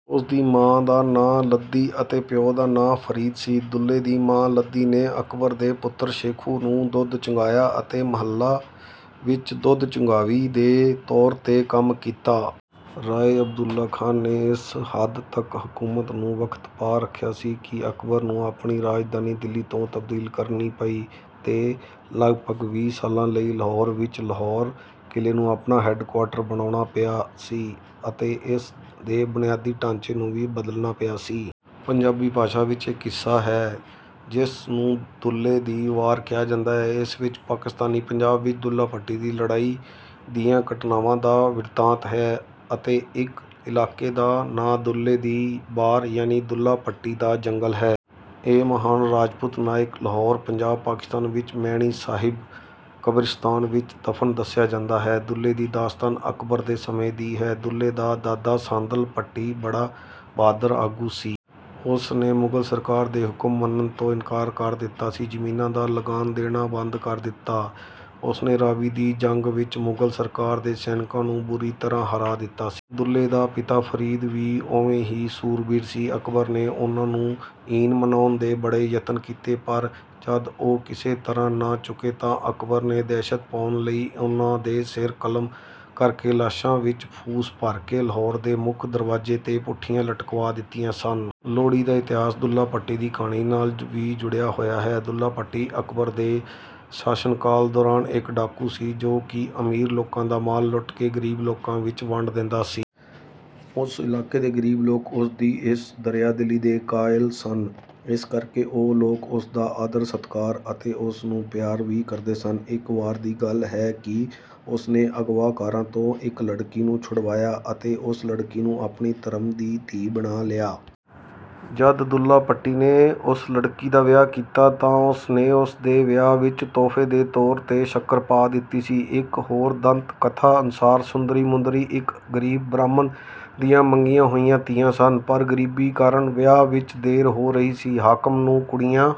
ਉਸਦੀ ਮਾਂ ਦਾ ਨਾਂ ਲੱਧੀ ਅਤੇ ਪਿਉ ਦਾ ਨਾਂ ਫਰੀਦ ਸੀ। ਦੁੱਲੇ ਦੀ ਮਾਂ ਲੱਧੀ ਨੇ ਅਕਬਰ ਦੇ ਪੁੱਤਰ ਸ਼ੇਖੂ ਨੂੰ ਦੁੱਧ ਚੁੰਘਾਇਆ ਅਤੇ ਮਹੱਲਾਂ ਵਿੱਚ ਦੁੱਧ ਚੁੰਘਾਵੀ ਦੇ ਤੌਰ 'ਤੇ ਕੰਮ ਕੀਤਾ। ਰਾਏ ਅਬਦੁੱਲਾ ਖਾਨ ਨੇ ਇਸ ਹੱਦ ਤੱਕ ਹਕੂਮਤ ਨੂੰ ਵਖਤ ਪਾ ਰੱਖਿਆ ਸੀ ਕਿ ਅਕਬਰ ਨੂੰ ਆਪਣੀ ਰਾਜਧਾਨੀ ਦਿੱਲੀ ਤੋਂ ਤਬਦੀਲ ਕਰਨੀ ਪਈ ਅਤੇ ਲਗਭਗ ਵੀਹ ਸਾਲਾਂ ਲਈ ਲਾਹੌਰ ਵਿੱਚ, ਲਾਹੌਰ ਕਿਲ੍ਹੇ ਨੂੰ ਆਪਣਾ ਹੈੱਡਕੁਆਰਟਰ ਬਣਾਉਣਾ ਪਿਆ ਸੀ ਅਤੇ ਇਸ ਦੇ ਬੁਨਿਆਦੀ ਢਾਂਚੇ ਨੂੰ ਵੀ ਬਦਲਣਾ ਪਿਆ ਸੀ। ਪੰਜਾਬੀ ਭਾਸ਼ਾ ਵਿੱਚ ਇੱਕ ਕਿੱਸਾ ਹੈ ਜਿਸ ਨੂੰ ਦੁੱਲੇ ਦੀ ਵਾਰ ਕਿਹਾ ਜਾਂਦਾ ਹੈ। ਇਸ ਵਿੱਚ ਪਾਕਿਸਤਾਨੀ ਪੰਜਾਬ ਵਿੱਚ ਦੁੱਲਾ ਭੱਟੀ ਦੀ ਲੜਾਈ ਦੀਆਂ ਘਟਨਾਵਾਂ ਦਾ ਬਿਰਤਾਂਤ ਹੈ। ਅਤੇ ਇੱਕ ਇਲਾਕੇ ਦਾ ਨਾਂ ਦੁੱਲੇ ਦੀ ਬਾਰ ਯਾਨੀ ਦੁੱਲਾ ਭੱਟੀ ਦਾ ਜੰਗਲ ਹੈ। ਇਹ ਮਹਾਨ ਰਾਜਪੂਤ ਨਾਇਕ ਲਾਹੌਰ, ਪੰਜਾਬ, ਪਾਕਿਸਤਾਨ ਵਿੱਚ ਮੈਣੀ ਸਾਹਿਬ ਕਬਰਿਸਤਾਨ ਵਿੱਚ ਦਫਨ ਦੱਸਿਆ ਜਾਂਦਾ ਹੈ। ਦੁੱਲੇ ਦੀ ਦਾਸਤਾਨ ਅਕਬਰ ਦੇ ਸਮੇਂ ਦੀ ਹੈ। ਦੁੱਲੇ ਦਾ ਦਾਦਾ ਸਾਂਦਲ ਭੱਟੀ ਬੜਾ ਬਹਾਦਰ ਆਗੂ ਸੀ। ਉਸਨੇ ਮੁਗ਼ਲ ਸਰਕਾਰ ਦੇ ਹੁਕਮ ਮੰਨਣ ਤੋਂ ਇਨਕਾਰ ਕਰ ਦਿੱਤਾ ਸੀ, ਜ਼ਮੀਨਾਂ ਦਾ ਲਗਾਨ ਦੇਣਾ ਬੰਦ ਕਰ ਦਿੱਤਾ। ਉਸਨੇ ਰਾਵੀ ਦੀ ਜੰਗ ਵਿੱਚ ਮੁਗ਼ਲ ਸਰਕਾਰ ਦੇ ਸੈਨਿਕਾਂ ਨੂੰ ਬੁਰੀ ਤਰ੍ਹਾਂ ਹਰਾ ਦਿੱਤਾ ਸੀ। ਦੁੱਲੇ ਦਾ ਪਿਤਾ ਫਰੀਦ ਵੀ ਉਵੇਂ ਹੀ ਸੂਰਬੀਰ ਸੀ। ਅਕਬਰ ਨੇ ਉਨ੍ਹਾਂ ਨੂੰ ਈਨ ਮਨਾਉਣ ਦੇ ਬੜੇ ਯਤਨ ਕੀਤੇ ਪਰ ਜਦ ਉਹ ਕਿਸੇ ਤਰ੍ਹਾਂ ਨਾ ਝੁਕੇ ਤਾਂ ਅਕਬਰ ਨੇ ਦਹਿਸ਼ਤ ਪਾਉਣ ਲਈ ਉਨ੍ਹਾਂ ਦੇ ਸਿਰ ਕਲਮ ਕਰਕੇ ਲਾਸ਼ਾਂ ਵਿੱਚ ਫੂਸ ਭਰ ਕੇ ਲਾਹੌਰ ਦੇ ਮੁੱਖ ਦਰਵਾਜ਼ੇ 'ਤੇ ਪੁੱਠੀਆਂ ਲਟਕਵਾ ਦਿੱਤੀਆਂ ਸਨ। ਲੋਹੜੀ ਦਾ ਇਤਿਹਾਸ ਦੁੱਲਾ ਭੱਟੀ ਦੀ ਕਹਾਣੀ ਨਾਲ ਵੀ ਜੁੜਿਆ ਹੋਇਆ ਹੈ। ਦੁੱਲਾ ਭੱਟੀ ਅਕਬਰ ਦੇ ਸ਼ਾਸਨਕਾਲ ਦੌਰਾਨ ਇੱਕ ਡਾਕੂ ਸੀ ਜੋ ਕਿ ਅਮੀਰ ਲੋਕਾਂ ਦਾ ਮਾਲ ਲੁੱਟ ਕੇ ਗਰੀਬ ਲੋਕਾਂ ਵਿੱਚ ਵੰਡ ਦਿੰਦਾ ਸੀ। ਉਸ ਇਲਾਕੇ ਦੇ ਗਰੀਬ ਲੋਕ ਉਸ ਦੀ ਇਸ ਦਰਿਆ-ਦਿਲੀ ਦੇ ਕਾਇਲ ਸਨ, ਇਸ ਕਰਕੇ ਉਹ ਲੋਕ ਉਸ ਦਾ ਆਦਰ-ਸਤਿਕਾਰ ਅਤੇ ਉਸ ਨੂੰ ਪਿਆਰ ਵੀ ਕਰਦੇ ਸਨ। ਇੱਕ ਵਾਰ ਦੀ ਗੱਲ ਹੈ ਕਿ ਉਸ ਨੇ ਅਗਵਾਕਾਰਾਂ ਤੋਂ ਇੱਕ ਲੜਕੀ ਨੂੰ ਛੁਡਾਇਆ ਅਤੇ ਉਸ ਲੜਕੀ ਨੂੰ ਆਪਣੀ ਧਰਮ ਦੀ ਧੀ ਬਣਾ ਲਿਆ। ਜਦ ਦੁੱਲਾ-ਭੱਟੀ ਨੇ ਉਸ ਲੜਕੀ ਦਾ ਵਿਆਹ ਕੀਤਾ ਤਾਂ ਉਸ ਨੇ ਉਸ ਦੇ ਵਿਆਹ ਵਿੱਚ ਤੋਹਫ਼ੇ ਦੇ ਤੌਰ 'ਤੇ ਸ਼ੱਕਰ ਪਾ ਦਿੱਤੀ ਸੀ। ਇੱਕ ਹੋਰ ਦੰਤ-ਕਥਾ ਅਨੁਸਾਰ: ਸੁੰਦਰੀ-ਮੁੰਦਰੀ ਇੱਕ ਗਰੀਬ ਬ੍ਰਾਹਮਣ ਦੀਆਂ ਮੰਗੀਆਂ ਹੋਈਆਂ ਧੀਆਂ ਸਨ, ਪਰ ਗਰੀਬੀ ਕਾਰਨ ਵਿਆਹ ਵਿੱਚ ਦੇਰ ਹੋ ਰਹੀ ਸੀ। ਹਾਕਮ ਨੂੰ ਕੁੜੀਆਂ